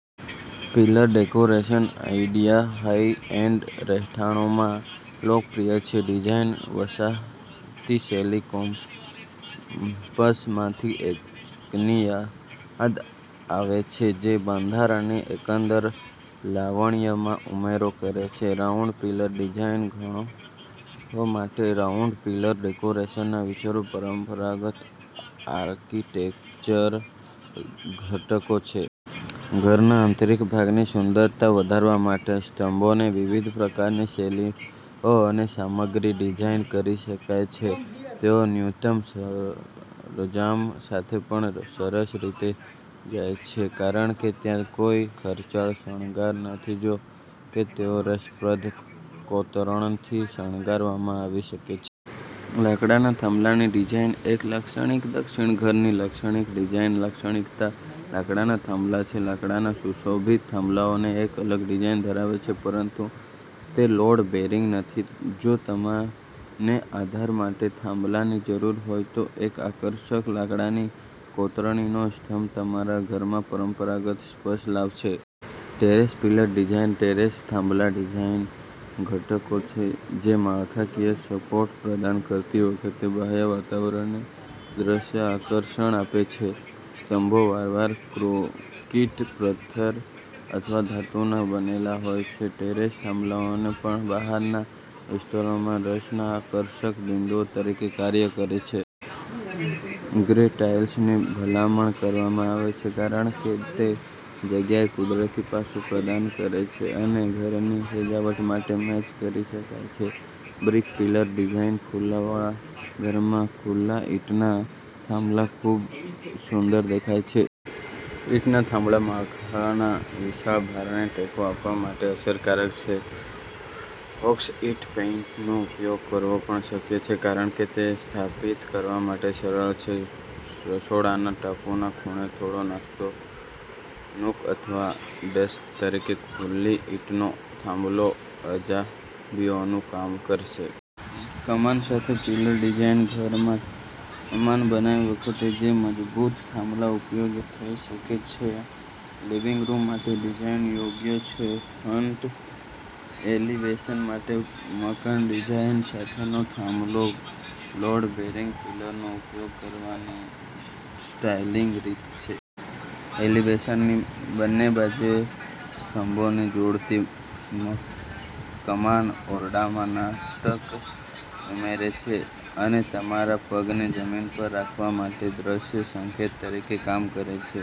Pillar decoration idea high end રહેઠાણોમાં લોકપ્રિય છે. ડિઝાઇન વસાતી શૈલીના કોમપસમાંથી એકની યા યાદ અવે છે, જે બંધારણની એકંદર લાવણ્યમાં ઉમેરો કરે છે. રાઉન્ડ પિલર ડિઝાઇન, ઘરો માટે રાઉન્ડ પિલર ડેકોરેશનના વિચારો પરંપરાગત આર્કિટેક્ચર ઘટકો છે. ઘરના આંતરિક ભાગની સુંદરતા વધારવા માટે સ્તંભોને વિવિધ પ્રકારની શૈલીઓ અને સામગ્રી ડિઝાઇન કરી શકાય છે. તેઓ ન્યૂતમ સરજામ સાથે પણ સરસ રીતે જાય છે કારણ કે ત્યાં કોઈ ખર્ચાળ શણગાર નથી. જો કે, તેઓ રસપ્રદ કોતરણથી શણગારવામાં આવી શકે છે. લાકડાના થાંભલાની ડિઝાઇન એક લાક્ષણિક દક્ષિણ ઘરની લાક્ષણિક ડિઝાઇન લાક્ષણિકતા લાકડાના થાંભલા છે. લાકડાના સુશોભિત થાંભલાઓ ને એક અલગ ડિઝાઇન ધરાવે છે પરંતુ તે લોડ બેરિંગ નથી. જો તમને આધાર માટે થાંભલાની જરૂર હોય તો એક આકર્ષક લાકડાની કોતરણીનો સ્તંભ તમારા ઘરમાં પરંપરાગત સ્પર્શ લાવશે. ટેરેસ પિલર ડિઝાઇન ટેરેસ થાંભલા ડિઝાઇન ઘટકો છે જે માળખાકીય સપોર્ટ પ્રદાન કરતી વખતે બાહ્ય વાતાવરણ દ્રશ્ય આકર્ષણ આપે છે. સ્તંભો વારવાર કોંક્રિટ, પથર અથવા ધાતુના બનેલા હોય છે. ટેરેસ થાંભલાઓ ને પણ બહારના વિસ્તારોમાં રસના આકર્ષક બિંદુઓ તરીકે કાર્ય કરે છે. ગ્રે ટાઇલ્સની ભલામણ કરવામાં આવે છે કારણ કે તે જગ્યાએ કુદરતી પાસું પ્રદાન કરે છે અને ઘરની સજાવટ માટે મેચ કરી શકાય છે. બ્રિક પિલર ડિઝાઇન ખુલ્લાવા ઘરમાં, ખુલ્લા ઈંટના થાંભલા ખૂબ સુંદર દેખાય છે. ઈંટના થાંભલા માખળના વિશાળ ભારને ટેકો આપવા માટે અસરકારે છે. ફોક્સ ઈંટ પેનટ નો ઉપયોગ કરવો પણ શક્ય છે કારણ કે તે સ્થાપિત કરવા માટે સરળ છે. રસોડાના ટાપુના ખૂણે થોડો નાસ્તો નૂક અથવા ડેસ્ક તરીકે ખુલ્લી ઈંટનો થાંભલો અજાયબ ઓનું કામ કરશે. કમાન સાથે પિલર ડિઝાઇન ઘરમાં કમાન બનાવતી વખતે, બે મજબૂત થાંભલા ઉપયોગી થઈ શકે છે. લિવિંગ રૂમ માટે ડિઝાઇન યોગ્ય છે. ફ્રન્ટ એલિવેશન માટે મકાન ડિઝાઇન સાથેનો થાંભલો લોડ બેરિંગ પિલરનો ઉપયોગ કરવાની સ્ટાઇલિંગ રીત છે. એલિવેશનની બંને બાજુએ બે સ્તંભોને જોડતી કમાન ઓરડામાં નાટક ઉમેરે છે અને તમારા પગને જમીન પર રાખવા માટે દ્રશ્ય સંકેત તરીકે કામ કરે છે.